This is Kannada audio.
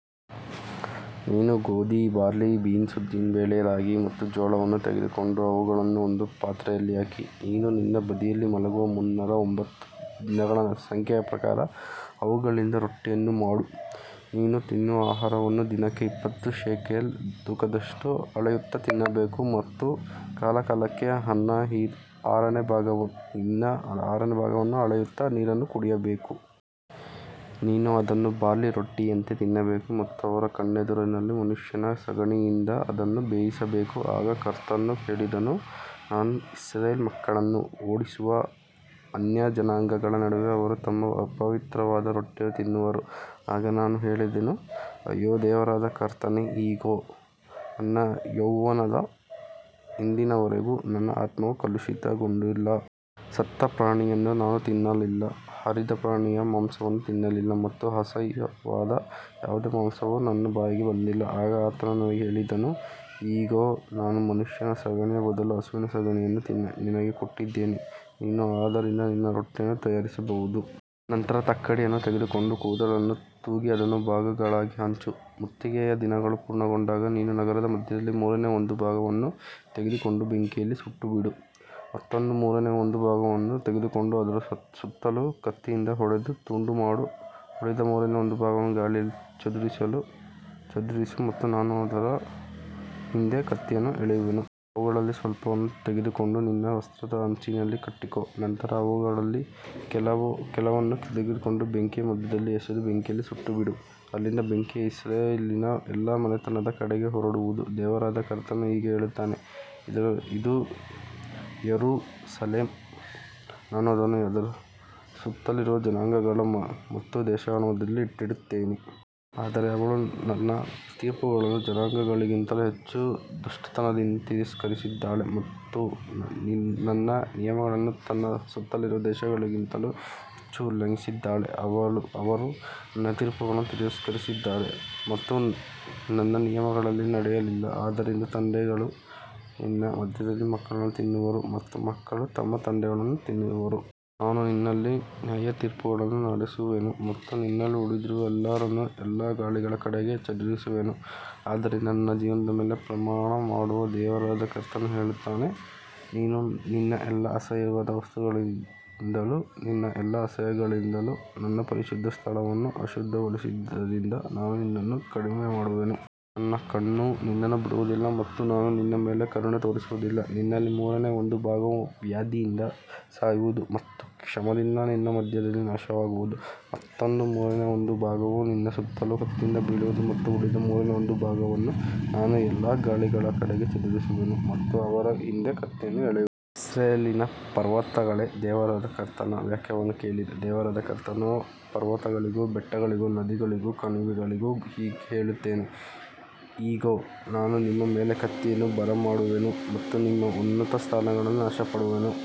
ನೀನು ಗೋಧಿ, ಬಾರ್ಲಿ, ಬೀನ್ಸ್, ಉದ್ದಿನಬೇಳೆ, ರಾಗಿ ಮತ್ತು ಜೋಳವನ್ನು ತೆಗೆದುಕೊಂಡು ಅವುಗಳನ್ನು ಒಂದು ಪಾತ್ರೆಯಲ್ಲಿ ಹಾಕಿ, ನೀನು ನಿನ್ನ ಬದಿಯಲ್ಲಿ ಮಲಗುವ ಮುನ್ನೂರ ತೊಂಬತ್ತು ದಿನಗಳ ಸಂಖ್ಯೆಯ ಪ್ರಕಾರ ಅವುಗಳಿಂದ ರೊಟ್ಟಿಯನ್ನು ಮಾಡು. ನೀನು ತಿನ್ನುವ ಆಹಾರವನ್ನು ದಿನಕ್ಕೆ ಇಪ್ಪತ್ತು ಶೇಕೆಲ್ ತೂಕದಷ್ಟು ಅಳೆಯುತ್ತಾ ತಿನ್ನಬೇಕು ಮತ್ತು ಕಾಲಕಾಲಕ್ಕೆ ಹಿನ್ನ ಆರನೇ ಭಾಗವನ್ನು ಅಳೆಯುತ್ತಾ ನೀರನ್ನು ಕುಡಿಯಬೇಕು. ನೀನು ಅದನ್ನು ಬಾರ್ಲಿ ರೊಟ್ಟಿಯಂತೆ ತಿನ್ನಬೇಕು ಮತ್ತು ಅವರ ಕಣ್ಣೆದುರಿನಲ್ಲಿ ಮನುಷ್ಯನ ಸಗಣಿಯಿಂದ ಅದನ್ನು ಬೇಯಿಸಬೇಕು. ಆಗ ಕರ್ತನು ಹೇಳಿದನು, ನಾನು ಇಸ್ರಾಯೇಲ್ ಮಕ್ಕಳನ್ನು ಓಡಿಸುವ ಅನ್ಯಜನಾಂಗಗಳ ನಡುವೆ ಅವರು ತಮ್ಮ ಅಪವಿತ್ರವಾದ ರೊಟ್ಟಿಯನ್ನು ತಿನ್ನುವರು. ಆಗ ನಾನು ಹೇಳಿದೆನು, ಅಯ್ಯೋ ದೇವರಾದ ಕರ್ತನೇ, ಇಗೋ, ನನ್ನ ಯೌವನದಿಂದ ಇಂದಿನವರೆಗೂ ನನ್ನ ಆತ್ಮವು ಕಲುಷಿತಗೊಂಡಿಲ್ಲ. ಸತ್ತ ಪ್ರಾಣಿಯನ್ನು ನಾನು ತಿನ್ನಲಿಲ್ಲ, ಹರಿದ ಪ್ರಾಣಿಯ ಮಾಂಸವನ್ನೂ ತಿನ್ನಲಿಲ್ಲ ಮತ್ತು ಅಸಹ್ಯವಾದ ಯಾವುದೇ ಮಾಂಸವು ನನ್ನ ಬಾಯಿಗೆ ಬಂದಿಲ್ಲ. ಆಗ ಆತನು ನನಗೆ ಹೇಳಿದನು, ಇಗೋ, ನಾನು ಮನುಷ್ಯನ ಸಗಣಿಯ ಬದಲು ಹಸುವಿನ ಸಗಣಿಯನ್ನು ನಿನಗೆ ಕೊಟ್ಟಿದ್ದೇನೆ, ನೀನು ಅದರಿಂದ ನಿನ್ನ ರೊಟ್ಟಿಯನ್ನು ತಯಾರಿಸಬೇಕು. ನಂತರ ತಕ್ಕಡಿಯನ್ನು ತೆಗೆದುಕೊಂಡು ಕೂದಲನ್ನು ತೂಗಿ ಅದನ್ನು ಭಾಗಗಳಾಗಿ ಹಂಚು. ಮುತ್ತಿಗೆಯ ದಿನಗಳು ಪೂರ್ಣಗೊಂಡಾಗ ನೀನು ನಗರದ ಮಧ್ಯದಲ್ಲಿ ಮೂರನೇ ಒಂದು ಭಾಗವನ್ನು ತೆಗೆದುಕೊಂಡು ಬೆಂಕಿಯಲ್ಲಿ ಸುಟ್ಟುಬಿಡು. ಮತ್ತೊಂದು ಮೂರನೇ ಒಂದು ಭಾಗವನ್ನು ತೆಗೆದುಕೊಂಡು ಅದರ ಸುತ್ತಲೂ ಕತ್ತಿಯಿಂದ ಹೊಡೆದು ತುಂಡುಮಾಡು. ಉಳಿದ ಮೂರನೇ ಒಂದು ಭಾಗವನ್ನು ಗಾಳಿಯಲ್ಲಿ ಚದುರಿಸು ಮತ್ತು ನಾನು ಅದರ ಹಿಂದೆ ಕತ್ತಿಯನ್ನು ಎಳೆಯುವೆನು. ಅವುಗಳಲ್ಲಿ ಸ್ವಲ್ಪವನ್ನು ತೆಗೆದುಕೊಂಡು ನಿನ್ನ ವಸ್ತ್ರದ ಅಂಚಿನಲ್ಲಿ ಕಟ್ಟಿಕೋ. ನಂತರ ಅವುಗಳಲ್ಲಿ ಕೆಲವನ್ನು ತೆಗೆದುಕೊಂಡು ಬೆಂಕಿಯ ಮಧ್ಯದಲ್ಲಿ ಎಸೆದು ಬೆಂಕಿಯಲ್ಲಿ ಸುಟ್ಟುಬಿಡು. ಅಲ್ಲಿಂದ ಬೆಂಕಿಯು ಇಸ್ರಾಯೇಲಿನ ಎಲ್ಲಾ ಮನೆತನದ ಕಡೆಗೆ ಹೊರಡುವುದು. ದೇವರಾದ ಕರ್ತನು ಹೀಗೆ ಹೇಳುತ್ತಾನೆ, ಇದು ಯೆರೂಸಲೇಮ್. ನಾನು ಅದನ್ನು ಅದರ ಸುತ್ತಲಿರುವ ಜನಾಂಗಗಳ ಮತ್ತು ದೇಶಗಳ ಮಧ್ಯದಲ್ಲಿ ಇಟ್ಟಿದ್ದೇನೆ. ಆದರೆ ಅವಳು ನನ್ನ ತೀರ್ಪುಗಳನ್ನು ಜನಾಂಗಗಳಿಗಿಂತಲೂ ಹೆಚ್ಚು ದುಷ್ಟತನದಿಂದ ತಿರಸ್ಕರಿಸಿದ್ದಾಳೆ ಮತ್ತು ನನ್ನ ನಿಯಮಗಳನ್ನು ತನ್ನ ಸುತ್ತಲಿರುವ ದೇಶಗಳಿಗಿಂತಲೂ ಹೆಚ್ಚು ಉಲ್ಲಂಘಿಸಿದ್ದಾಳೆ. ಅವರು ನನ್ನ ತೀರ್ಪುಗಳನ್ನು ತಿರಸ್ಕರಿಸಿದ್ದಾರೆ ಮತ್ತು ನನ್ನ ನಿಯಮಗಳಲ್ಲಿ ನಡೆಯಲಿಲ್ಲ. ಆದ್ದರಿಂದ ತಂದೆಗಳು ನಿನ್ನ ಮಧ್ಯದಲ್ಲಿ ಮಕ್ಕಳನ್ನು ತಿನ್ನುವರು ಮತ್ತು ಮಕ್ಕಳು ತಮ್ಮ ತಂದೆಗಳನ್ನು ತಿನ್ನುವರು. ನಾನು ನಿನ್ನಲ್ಲಿ ನ್ಯಾಯತೀರ್ಪುಗಳನ್ನು ನಡೆಸುವೆನು ಮತ್ತು ನಿನ್ನಲ್ಲಿ ಉಳಿದಿರುವ ಎಲ್ಲರನ್ನೂ ಎಲ್ಲಾ ಗಾಳಿಗಳ ಕಡೆಗೆ ಚದುರಿಸುವೆನು. ಆದ್ದರಿಂದ ನನ್ನ ಜೀವದ ಮೇಲೆ ಪ್ರಮಾಣಮಾಡುವ ದೇವರಾದ ಕರ್ತನು ಹೇಳುತ್ತಾನೆ, ನೀನು ನಿನ್ನ ಎಲ್ಲಾ ಅಸಹ್ಯವಾದ ವಸ್ತುಗಳಿಂದಲೂ ನಿನ್ನ ಎಲ್ಲಾ ಅಸಹ್ಯಗಳಿಂದಲೂ ನನ್ನ ಪರಿಶುದ್ಧ ಸ್ಥಳವನ್ನು ಅಶುದ್ಧಗೊಳಿಸಿದ್ದರಿಂದ, ನಾನೂ ನಿನ್ನನ್ನು ಕಡಿಮೆಮಾಡುವೆನು. ನನ್ನ ಕಣ್ಣು ನಿನ್ನನ್ನು ಬಿಡುವುದಿಲ್ಲ ಮತ್ತು ನಾನು ನಿನ್ನ ಮೇಲೆ ಕರುಣೆ ತೋರಿಸುವುದಿಲ್ಲ. ನಿನ್ನಲ್ಲಿ ಮೂರನೇ ಒಂದು ಭಾಗವು ವ್ಯಾಧಿಯಿಂದ ಸಾಯುವುದು ಮತ್ತು ಕ್ಷಾಮದಿಂದ ನಿನ್ನ ಮಧ್ಯದಲ್ಲಿ ನಾಶವಾಗುವುದು. ಮತ್ತೊಂದು ಮೂರನೇ ಒಂದು ಭಾಗವು ನಿನ್ನ ಸುತ್ತಲೂ ಕತ್ತಿಯಿಂದ ಬೀಳುವುದು ಮತ್ತು ಉಳಿದ ಮೂರನೇ ಒಂದು ಭಾಗವನ್ನು ನಾನು ಎಲ್ಲಾ ಗಾಳಿಗಳ ಕಡೆಗೆ ಚದುರಿಸುವೆನು ಮತ್ತು ಅವರ ಹಿಂದೆ ಕತ್ತಿಯನ್ನು ಎಳೆಯುವೆನು. ಇಸ್ರಾಯೇಲಿನ ಪರ್ವತಗಳೇ, ದೇವರಾದ ಕರ್ತನ ವಾಕ್ಯವನ್ನು ಕೇಳಿರಿ. ದೇವರಾದ ಕರ್ತನು ಪರ್ವತಗಳಿಗೂ ಬೆಟ್ಟಗಳಿಗೂ ನದಿಗಳಿಗೂ ಕಣಿವೆಗಳಿಗೂ ಹೀಗೆ ಹೇಳುತ್ತಾನೆ, ಇಗೋ, ನಾನು ನಿಮ್ಮ ಮೇಲೆ ಕತ್ತಿಯನ್ನು ಬರಮಾಡುವೆನು ಮತ್ತು ನಿಮ್ಮ ಉನ್ನತ ಸ್ಥಳಗಳನ್ನು ನಾಶಮಾಡುವೆನು.